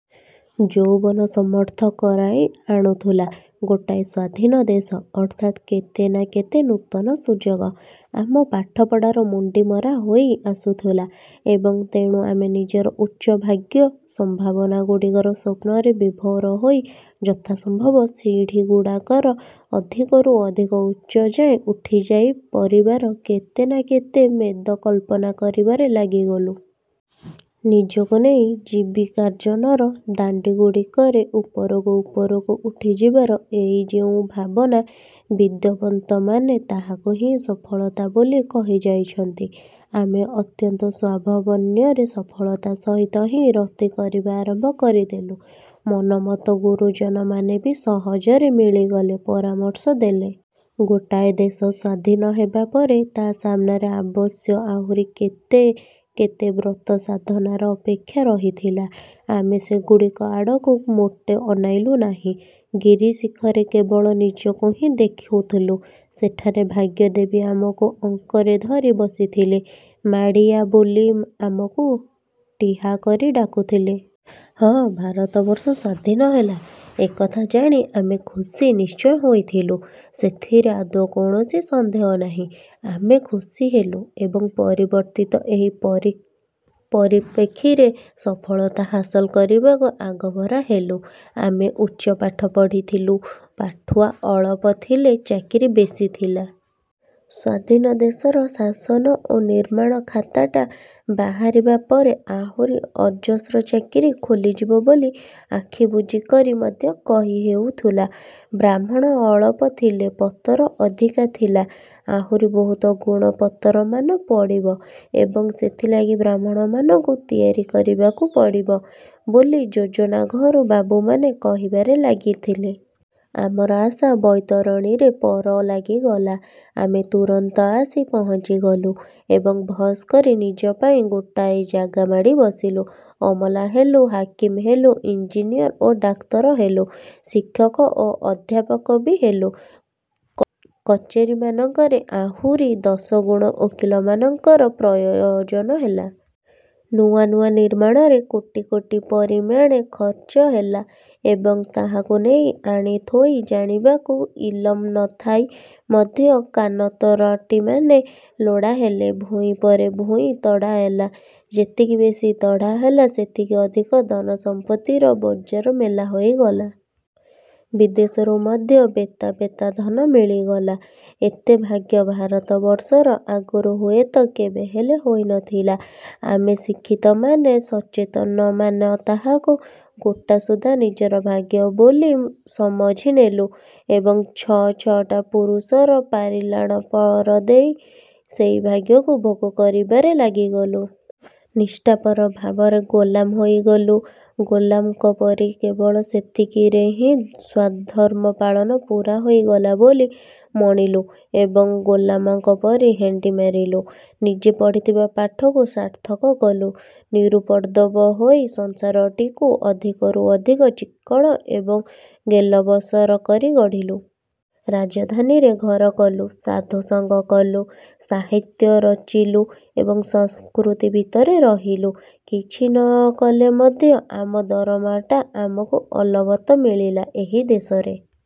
ଯୌବନ ସମର୍ଥ କରାଇ ଆଣୁଥିଲା। ଗୋଟାଏ ସ୍ୱାଧନ ଦେଶ, ଅର୍ଥାତ୍ କେତେ ନା କେତେ ନୂତନ ସୁଯୋଗ। ଆମ ପାଠପଢ଼ାର ମୁଣ୍ଡି ମରାହୋଇ ଆସୁଥିଲା ଏବଂ ତେଣୁ ଆମେ ନିଜର ଉଚ୍ଚ ଭାଗ୍ୟ-ସମ୍ଭାବନାଗୁଡ଼ିକର ସ୍ୱପ୍ନରେ ବିଭୋର ହୋଇ ଯଥାସମ୍ଭବ ସିଡ଼ିଗୁଡ଼ାକର ଅଧିକରୁ ଅଧିକ ଉଚ୍ଚ ଯାଏ ଉଠିଯାଇ ପରିବାର କେତେ ନା କେତେ ମେଦକଳ୍ପନା କରିବାରେ ଲାଗିଗଲୁ। ନିଜକୁ ନେଇ ଜୀବିକାର୍ଜନର ଦାଣ୍ଡିଗୁଡ଼ିକରେ ଉପରକୁ ଉପରକୁ ଉଠିଯିବାର ଏଇ ଯେଉଁ ଭାବନା, ବିଦ୍ୟାବନ୍ତମାନେ ତାହାକୁ ହିଁ ସଫଳତା ବୋଲି କହି ଯାଇଛନ୍ତି। ଆମେ ଅତ୍ୟନ୍ତ ସ୍ୱଭାବନ୍ୟାୟରେ ସଫଳତା ସହିତ ହିଁ ରତି କରିବା ଆରମ୍ଭ କରିଦେଲୁ। ମନୋମତ ଗୁରୁଜନମାନେ ବି ସହଜରେ ମିଳିଗଲେ, ପରାମର୍ଶ ଦେଲେ। ଗୋଟାଏ ଦେଶ ସ୍ୱାଧୀନ ହେବାପରେ ତା' ସାମ୍ନାରେ ଅବଶ୍ୟ ଆହୁରି କେତେ କେତେ ବ୍ରତ-ସାଧନାର ଅପେକ୍ଷା ରହିଥିଲା। ଆମେ ସେଗୁଡ଼ିକ ଆଡ଼କୁ ମୋଟେ ଅନାଇଲୁ ନାହିଁ। ଗିରିଶିଖରେ କେବଳ ନିଜକୁ ହିଁ ଦେଖିଥିଲୁ। ସେଠାରେ ଭାଗ୍ୟଦେବୀ ଆମକୁ ଅଙ୍କରେ ଧରି ବସିଥିଲେ। ମାଡ଼ି ଆ' ବୋଲି ଆମକୁ ଟିହାଇ କରି ଡାକୁଥିଲେ। ହଁ, ଭାରତବର୍ଷ ସ୍ୱାଧୀନ ହେଲା, ଏକଥା ଜାଣି ଆମେ ଖୁସି ନିଶ୍ଚୟ ହୋଇଥିଲୁ। ସେଥିରେ ଆଦୌ କୌଣସି ସନ୍ଦେହ ନାହିଁ। ଆମେ ଖୁସି ହେଲୁ ଏବଂ ପରିବର୍ତ୍ତିତ ଏହି ପରିପ୍ରେକ୍ଷୀରେ ସଫଳତା ହାସଲ କରିବାକୁ ଆଗଭର ହେଲୁ। ଆମେ ଉଚ୍ଚ ପାଠ ପଢ଼ିଥିଲୁ। ପାଠୁଆ ଅଳପ ଥିଲେ, ଚାକିରି ବେଶୀ ଥିଲା। ସ୍ୱାଧୀନ ଦେଶର ଶାସନ ଓ ନିର୍ମାଣ-ଖାତାଟା ବାହାରିବା ପରେ ଆହୁରି ଅଜସ୍ର ଚାକିରି ଖୋଲିଯିବ ବୋଲି ଆଖି ବୁଜି କରି ମଧ୍ୟ କହି ହେଉଥିଲା। ବ୍ରାହ୍ମଣ ଅଳପ ଥିଲେ, ପତର ଅଧିକା ପଡ଼ିଥିଲା। ଆହୁରି ବହୁତ ଗୁଣ ପତରମାନ ପଡ଼ିବ ଏବଂ ସେଥିଲାଗି ବ୍ରାହ୍ମଣମାନଙ୍କୁ ତିଆରି କରିବାକୁ ପଡ଼ିବ ବୋଲି ଯୋଜନା-ଘରୁ ବାବୁମାନେ କହିବାରେ ଲାଗିଥିଲେ। ଆମର ଆଶା-ବୈତରଣୀରେ ପର ଲାଗିଗଲା। ଆମେ ତୁରନ୍ତ ଆସି ପହଞ୍ଚିଗଲୁ ଏବଂ ଭସ୍ କରି ନିଜ ପାଇଁ ଗୋଟିଏ ଜାଗା ମାଡ଼ି ବସିଲୁ। ଅମଲା ହେଲୁ, ହାକିମ ହେଲୁ, ଇଞ୍ଜିନିଅର ଓ ଡାକ୍ତର ହେଲୁ। ଶିକ୍ଷକ ଓ ଅଧ୍ୟାପକ ବି ହେଲୁ। କଚେରୀମାନଙ୍କରେ ଆହୁରି ଦଶଗୁଣ ଓକିଲମାନଙ୍କର ପ୍ରୟୋଜନ ହେଲା। ନୂଆ ନୂଆ ନିର୍ମାଣରେ କୋଟି କୋଟି ପରିମାଣେ ଖରଚ ହେଲା ଏବଂ ତାହାକୁ ନେଇ ଆଣି ଥୋଇ ଜାଣିବାକୁ ଇଲମ ନଥାଇ ମଧ୍ୟ କାନତରାଟିମାନେ ଲୋଡ଼ା ହେଲେ। ଭୂଇଁ ପରେ ଭୂଇଁ ତଡ଼ା ହେଲା,- ଯେତିକି ବେଶୀ ତଡ଼ା ହେଲା, ସେତିକି ଅଧିକ ଧନସମ୍ପତ୍ତିର ବଜାର ମେଲା ହୋଇଗଲା। ବିଦେଶରୁ ମଧ୍ୟ ବେତା ବେତା ଧନ ମିଳିଗଲା। ଏତେ ଭାଗ୍ୟ ଭାରତବର୍ଷର ଆଗରୁ ହୁଏତ କେବେହେଲେ ହୋଇନଥିଲା। ଆମେ ଶିକ୍ଷିତମାନେ, ସଚେତନମାନେ ତାହାକୁ ଗୋଟାସୁଦ୍ଧା ନିଜର ଭାଗ୍ୟ ବୋଲି ସମଝି ନେଲୁ ଏବଂ ଛଅ ଛଅଟା ପୁରୁଷର ପାରିଲାପଣ ଦେଇ ସେହି ଭାଗ୍ୟକୁ ଭୋଗ କରିବାରେ ଲାଗିଗଲୁ। ନିଷ୍ଠାପର ଭାବରେ ଗୋଲାମ ହୋଇଗଲୁ, ଗୋଲାମଙ୍କ ପରି କେବଳ ସେତିକିରେ ହିଁ ସ୍ୱଧର୍ମ-ପାଳନ ପୂରା ହୋଇଗଲା ବୋଲି ମଣିଲୁ ଏବଂ ଗୋଲାମଙ୍କ ପରି ହେଣ୍ଡି ମାରିଲୁ। ନିଜେ ପଢ଼ିଥିବା ପାଠକୁ ସାର୍ଥକ କଲୁ। ନିରୁପଦ୍ରବ ହୋଇ ସଂସାରଟିକୁ ଅଧିକରୁ ଅଧିକ ଚିକ୍କଣ ଏବଂ ଗେଲବସର କରି ଗଢ଼ିଲୁ। ରାଜଧାନୀରେ ଘର କଲୁ। ସାଧୁସଙ୍ଗ କଲୁ, ସାହିତ୍ୟ ଚରିଲୁ ଏବଂ ସଂସ୍କୃତି ଭିତରେ ରହିଲୁ। କିଛି ନ କଲେ ମଧ୍ୟ ଆମ ଦରମାଟା ଆମକୁ ଅଲବତ ମିଳିଲା। ଏହି ଦେଶରେ